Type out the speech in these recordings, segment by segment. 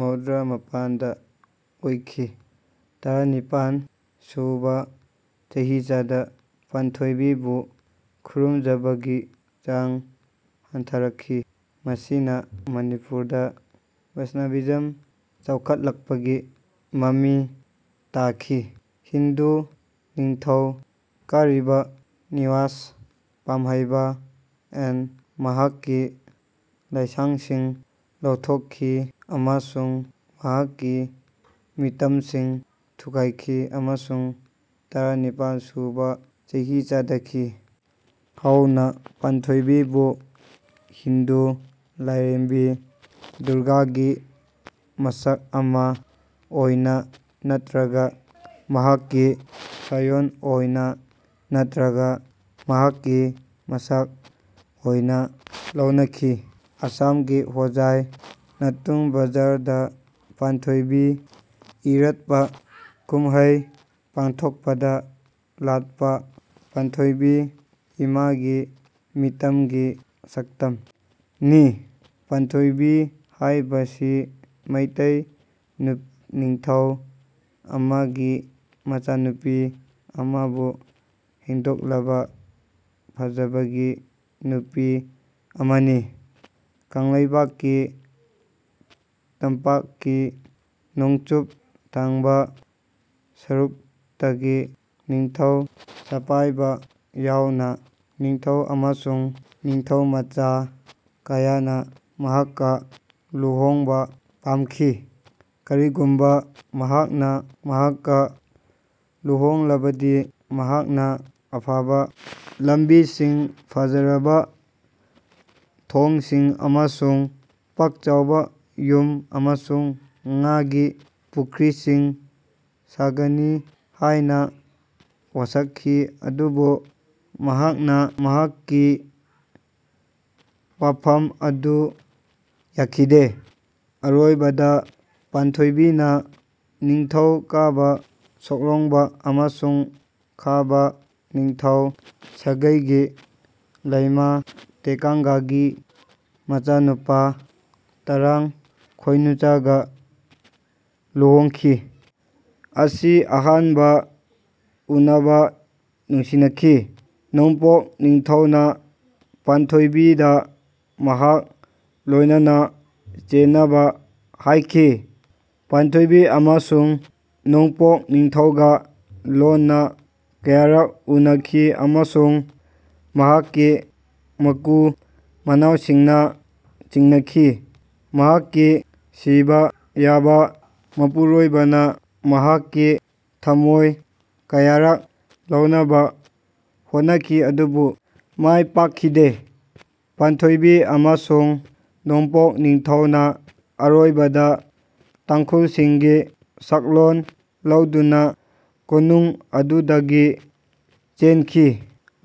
ꯃꯧꯗ꯭ꯔꯥ ꯃꯥꯄꯟꯗ ꯑꯣꯏꯈꯤ꯫ ꯇꯔꯥꯅꯤꯄꯥꯟ ꯁꯨꯕ ꯆꯍꯤꯆꯥꯗ ꯄꯥꯟꯊꯣꯏꯕꯤꯕꯨ ꯈꯨꯔꯨꯝꯖꯕꯒꯤ ꯆꯥꯡ ꯍꯟꯊꯔꯛꯈꯤ ꯃꯁꯤꯅ ꯃꯅꯤꯄꯨꯔꯗ ꯕꯩꯁꯅꯚꯤꯖꯝ ꯆꯥꯎꯈꯠꯂꯛꯄꯒꯤ ꯃꯃꯤ ꯇꯥꯈꯤ꯫ ꯍꯤꯟꯗꯨ ꯅꯤꯡꯊꯧ ꯒꯔꯤꯕ ꯅꯤꯋꯥꯖ ꯄꯥꯝꯍꯩꯕꯥ ꯅ ꯃꯍꯥꯛꯀꯤ ꯂꯥꯏꯁꯪꯁꯤꯡ ꯂꯧꯊꯣꯛꯈꯤ ꯑꯃꯁꯨꯡ ꯃꯍꯥꯛꯀꯤ ꯃꯤꯇꯝꯁꯤꯡ ꯊꯨꯒꯥꯏꯈꯤ ꯑꯃꯁꯨꯡ ꯇꯔꯥꯅꯤꯄꯥꯜ ꯁꯨꯕ ꯆꯍꯤꯆꯥꯗꯒꯤ ꯍꯧꯅ ꯄꯥꯟꯊꯣꯏꯕꯤꯕꯨ ꯍꯤꯟꯗꯨ ꯂꯥꯏꯔꯦꯝꯕꯤ ꯗꯨꯔꯒꯥꯒꯤ ꯃꯁꯛ ꯑꯃ ꯑꯣꯏꯅ ꯅꯠꯇ꯭ꯔꯒ ꯃꯍꯥꯛꯀꯤ ꯁꯥꯌꯣꯟ ꯑꯣꯏꯅ ꯅꯠꯇ꯭ꯔꯒ ꯃꯍꯥꯛꯀꯤ ꯃꯁꯛ ꯑꯣꯏꯅ ꯂꯧꯅꯈꯤ꯫ ꯑꯁꯥꯝꯒꯤ ꯍꯣꯖꯥꯢ ꯅꯇꯨꯟ ꯕꯖꯥꯔ ꯗ ꯄꯥꯟꯊꯣꯢꯕꯤ ꯏꯔꯥꯠꯄ ꯀꯨꯝꯍꯩ ꯄꯥꯡꯊꯣꯛꯄꯗ ꯂꯥꯠꯄ ꯄꯥꯟꯊꯣꯢꯕꯤ ꯏꯃꯥ ꯒꯤ ꯃꯤꯇꯝ ꯒꯤ ꯁꯛꯇꯝ ꯅꯤ꯫ ꯄꯥꯟꯊꯣꯏꯕꯤ ꯍꯥꯏꯕꯁꯤ ꯃꯩꯇꯩ ꯅꯤꯡꯊꯧ ꯑꯃꯒꯤ ꯃꯆꯥꯅꯨꯄꯤ ꯑꯃꯥꯕꯨ ꯍꯦꯟꯗꯣꯛꯂꯕ ꯐꯖꯕꯒꯤ ꯅꯨꯄꯤ ꯑꯃꯅꯤ꯫ ꯀꯪꯂꯩꯄꯥꯛꯀꯤ ꯇꯝꯄꯥꯛꯀꯤ ꯅꯣꯡꯆꯨꯞ ꯊꯪꯕ ꯁꯔꯨꯛꯇꯒꯤ ꯅꯤꯡꯊꯧ ꯁꯄꯥꯏꯕꯥ ꯌꯥꯎꯅ ꯅꯤꯡꯊꯧ ꯑꯃꯁꯨꯡ ꯅꯤꯡꯊꯧꯃꯆꯥ ꯀꯌꯥꯅ ꯃꯍꯥꯛꯀ ꯂꯨꯍꯣꯡꯕ ꯄꯥꯝꯈꯤ꯫ ꯀꯔꯤꯒꯨꯝꯕ ꯃꯍꯥꯛꯅ ꯃꯍꯥꯛꯀ ꯂꯨꯍꯣꯡꯂꯕꯗꯤ ꯃꯍꯥꯛꯅ ꯑꯐꯕ ꯂꯝꯕꯤꯁꯤꯡ ꯐꯖꯔꯕ ꯊꯣꯡꯁꯤꯡ ꯑꯃꯁꯨꯡ ꯄꯥꯛꯆꯥꯎꯕ ꯌꯨꯝ ꯑꯃꯁꯨꯡ ꯉꯥꯒꯤ ꯄꯨꯈ꯭ꯔꯤꯁꯤꯡ ꯁꯥꯒꯅꯤ ꯍꯥꯏꯅ ꯋꯥꯁꯛꯈꯤ ꯑꯗꯨꯕꯨ ꯃꯍꯥꯛꯅ ꯃꯍꯥꯛꯀꯤ ꯋꯥꯐꯝ ꯑꯗꯨ ꯌꯥꯈꯤꯗꯦ꯫ ꯑꯔꯣꯏꯕꯗ ꯄꯥꯟꯊꯣꯏꯕꯤꯅ ꯅꯤꯡꯊꯧ ꯈꯥꯕ ꯁꯣꯀ꯭ꯔꯣꯡꯕꯥ ꯑꯃꯁꯨꯡ ꯈꯥꯕꯥ ꯅꯤꯡꯊꯧ ꯁꯥꯒꯩꯒꯤ ꯂꯩꯃ ꯇꯦꯀꯪꯒꯥꯒꯤ ꯃꯆꯥꯅꯨꯄꯥ ꯇꯔꯥꯡ ꯈꯣꯏꯅꯨꯆꯥꯒ ꯂꯨꯍꯣꯡꯈꯤ꯫ ꯑꯁꯤ ꯑꯍꯥꯟꯕ ꯎꯕꯗ ꯅꯨꯡꯁꯤꯅꯈꯤ꯫ ꯅꯣꯡꯄꯣꯛ ꯅꯤꯡꯊꯧꯅ ꯄꯥꯟꯊꯣꯏꯕꯤꯗ ꯃꯍꯥꯛꯀ ꯂꯣꯏꯅꯅ ꯆꯦꯟꯅꯕ ꯍꯥꯏꯈꯤ꯫ ꯄꯥꯟꯊꯣꯏꯕꯤ ꯑꯃꯁꯨꯡ ꯅꯣꯡꯄꯣꯛ ꯅꯤꯡꯊꯧꯒ ꯂꯣꯟꯅ ꯀꯌꯥꯔꯛ ꯎꯅꯈꯤ ꯑꯃꯁꯨꯡ ꯃꯍꯥꯛꯀꯤ ꯃꯀꯨ ꯃꯅꯥꯎꯁꯤꯡꯅ ꯆꯤꯡꯅꯈꯤ꯫ ꯃꯍꯥꯛꯀꯤ ꯁꯤꯕ ꯌꯥꯕ ꯃꯄꯨꯔꯣꯏꯕꯅ ꯃꯍꯥꯛꯀꯤ ꯊꯃꯣꯏ ꯀꯌꯥꯔꯛ ꯂꯧꯅꯕ ꯍꯣꯠꯅꯈꯤ ꯑꯗꯨꯕꯨ ꯃꯥꯏ ꯄꯥꯛꯈꯤꯗꯦ꯫ ꯄꯥꯟꯊꯣꯏꯕꯤ ꯑꯃꯁꯨꯡ ꯅꯣꯡꯄꯣꯛ ꯅꯤꯡꯊꯧꯅ ꯑꯔꯣꯏꯕꯗ ꯇꯥꯡꯈꯨꯜꯁꯤꯡꯒꯤ ꯁꯛꯂꯣꯟ ꯂꯧꯗꯨꯅ ꯀꯣꯅꯨꯡ ꯑꯗꯨꯗꯒꯤ ꯆꯦꯟꯈꯤ꯫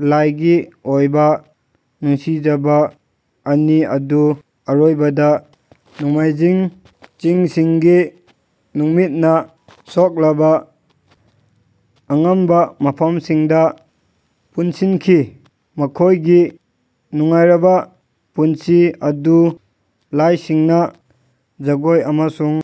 ꯂꯥꯏꯒꯤ ꯑꯣꯏꯕ ꯅꯨꯡꯁꯤꯖꯕ ꯑꯅꯤ ꯑꯗꯨ ꯑꯔꯣꯏꯕꯗ ꯅꯣꯡꯃꯥꯏꯆꯤꯡ ꯆꯤꯡꯁꯤꯡꯒꯤ ꯅꯨꯃꯤꯠꯅ ꯁꯣꯛꯂꯕ ꯑꯉꯝꯕ ꯃꯐꯝꯁꯤꯡꯗ ꯄꯨꯟꯁꯤꯟꯈꯤ꯫ ꯃꯈꯣꯏꯒꯤ ꯅꯨꯡꯉꯥꯏꯔꯕ ꯄꯨꯟꯁꯤ ꯑꯗꯨ ꯂꯥꯏꯁꯤꯡꯅ ꯖꯒꯣꯏ ꯑꯃꯁꯨꯡ